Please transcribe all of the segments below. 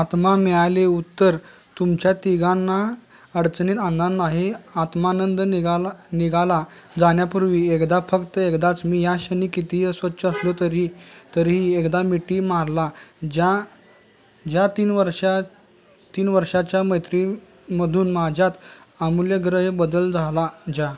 आत्मा मिळाले उत्तर! तुमच्या तिघांना अडचणीत आणणार नाही. आत्मानंद निघाला जाण्यापुर्वी एकदा फक्त एकदाच मी या क्षणी कितीही अस्वच्छ असलो तरीही, एकदा मिठी मारला? ज्या तीन वर्षांच्या मैत्रीमधून माझ्यात आमुलाग्र बदल झाले.ज्या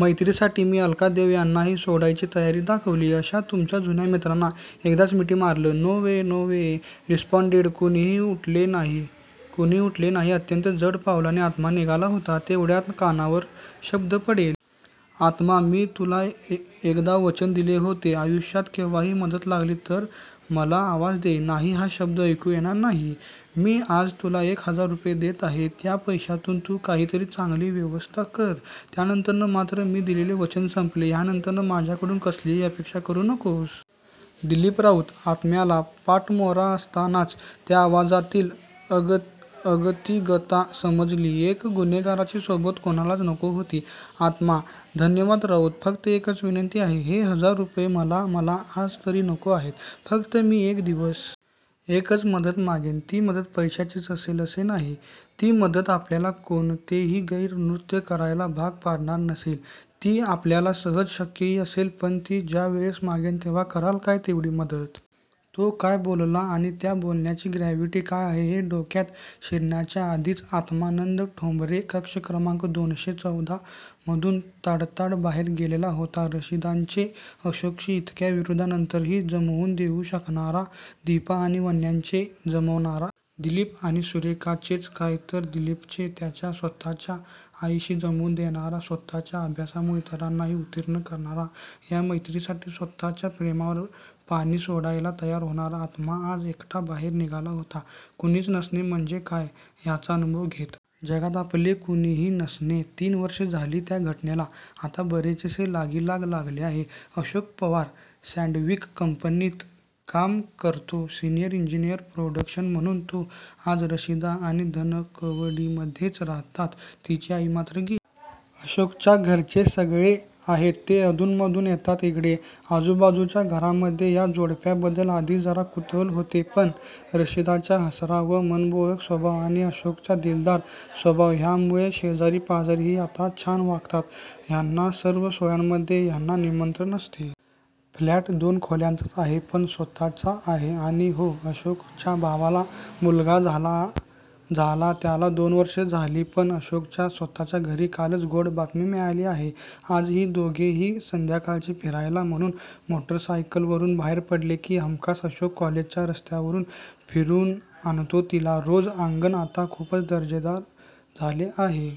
मैत्रीसाठी मी अलका देव यांनाही सोडायची तयारी दाखवली. अशा तुमच्या जुन्या मित्राला. एकदाच मिठी माराल? No way! No way responded! कुणीही उठले नाही. अत्यंत जड पावलांनी आत्मा निघाला होता. तेवढ्यात कानावर शब्द पडले. "आत्मा मी तुला एकदा वचन दिले होते. आयुष्यात केव्हाही मदत लागली तर मला आवाज दे 'नाही' हा शब्द ऐकू येणार नाही. मी, आज तुला एक हजार रुपये देत आहे. त्या पैशातून तू काहीतरी चांगली व्यवस्थ कर, त्यानंतर मात्र मी दिलेले वचन संपले यानंतर माझ्याकडून कसलीही अपेक्षा करू नकोस." दिलीप राऊत! आत्म्याला पाठमोरा असतानाच त्या आवाजातील अगतिकता समजली. एका गुन्हेगाराची सोबत कुणालाच नको होती. आत्मा धन्यवाद राऊत. फक्त एकच विनंती आहे. हे हजार रुपये. मला मला आज तरी नको आहेत. फक्त मी एक दिवस.. एकच मदत मागेन. ती मदत पैशाचीच असेल असे नाही. ती मदत आपल्याला कोणतेही गैर कृत्य करायला भाग पाडणारी नसेल. ती आपल्याला सहज शक्यही असेल. पण ती ज्यावेळेस मागेन. तेव्हा कराल काय? तेवढी मदत? तो काय बोलला आणि त्या बोलण्याची ग्रॅव्हिटी काय आहे हे डोक्यात शिरण्याच्या आधीच आत्मानंद ठोंबरे कक्ष क्रमांक दोनशे चवदा मधून ताडताड बाहेर गेलेला होता. रशिदाचे अशोकशी इतक्या विरोधानंतरही जमवून देऊ शकणारा, दीपा आणि वन्याचे जमवणारा. दिलीप आणि सुरेखाचेच काय तर दिलीपचे त्याच्या स्वतःच्या आईशी जमवून देणारा. स्वतःच्या अभ्यासामुळे इतरांनाही उत्तीर्ण करणारा. या मैत्रीसाठी स्वतःच्या प्रेमावर पाणी सोडायला तयार होणारा आत्मा, आज एकटा बाहेर निघाला होता. कुणीच नसणे म्हणजे काय याचा अनुभव घेत! जगात आपले कुणीही नसणे. तीन वर्षे झाली त्या घटनेला! आता बरेचसे लागीलाग लागलेले आहे. अशोक पवार सॅंडविक कंपनीत काम करतो. सिनियर इंजीनियर प्रॉडक्शन म्हणून! तो आणि रशिदा आता धनकवडीमध्येच राहतात! तिची आई मात्र गेली. अशोकच्या घरचे सगळे आहेत. ते अधूनमधून येतात इकडे! आजूबाजूच्या घरांमध्ये या जोडप्याबद्दल आधी जरा कुतुहलच होते. पण रशिदाचा हसरा व मनमोकळा स्वभाव आणि अशोकचा दिलदार स्वभाव यामुळे शेजारी पाजारीही आता छान वागवतात यांना सर्व सोहळ्यांमध्ये यांना निमंत्रण असतेच! फ्लॅट दोन खोल्यांचाच आहे, पण स्वतःचा आहे. आणि हो, अशोकच्या भावाला मुलगा झाला त्याला दोन वर्षे झाली पण अशोकच्या स्वतःच्या घरी कालच गोड बातमी मिळाली आहे. आजही दोघेही संध्याकाळचे फिरायला म्हणून मोटरसायकलवरून बाहेर पडले की हमखास अशोक कॉलेजच्या रस्त्यावरून फिरून आणतो तिला! रोज! आंगन आता खूपच दर्जेदार झाले आहे.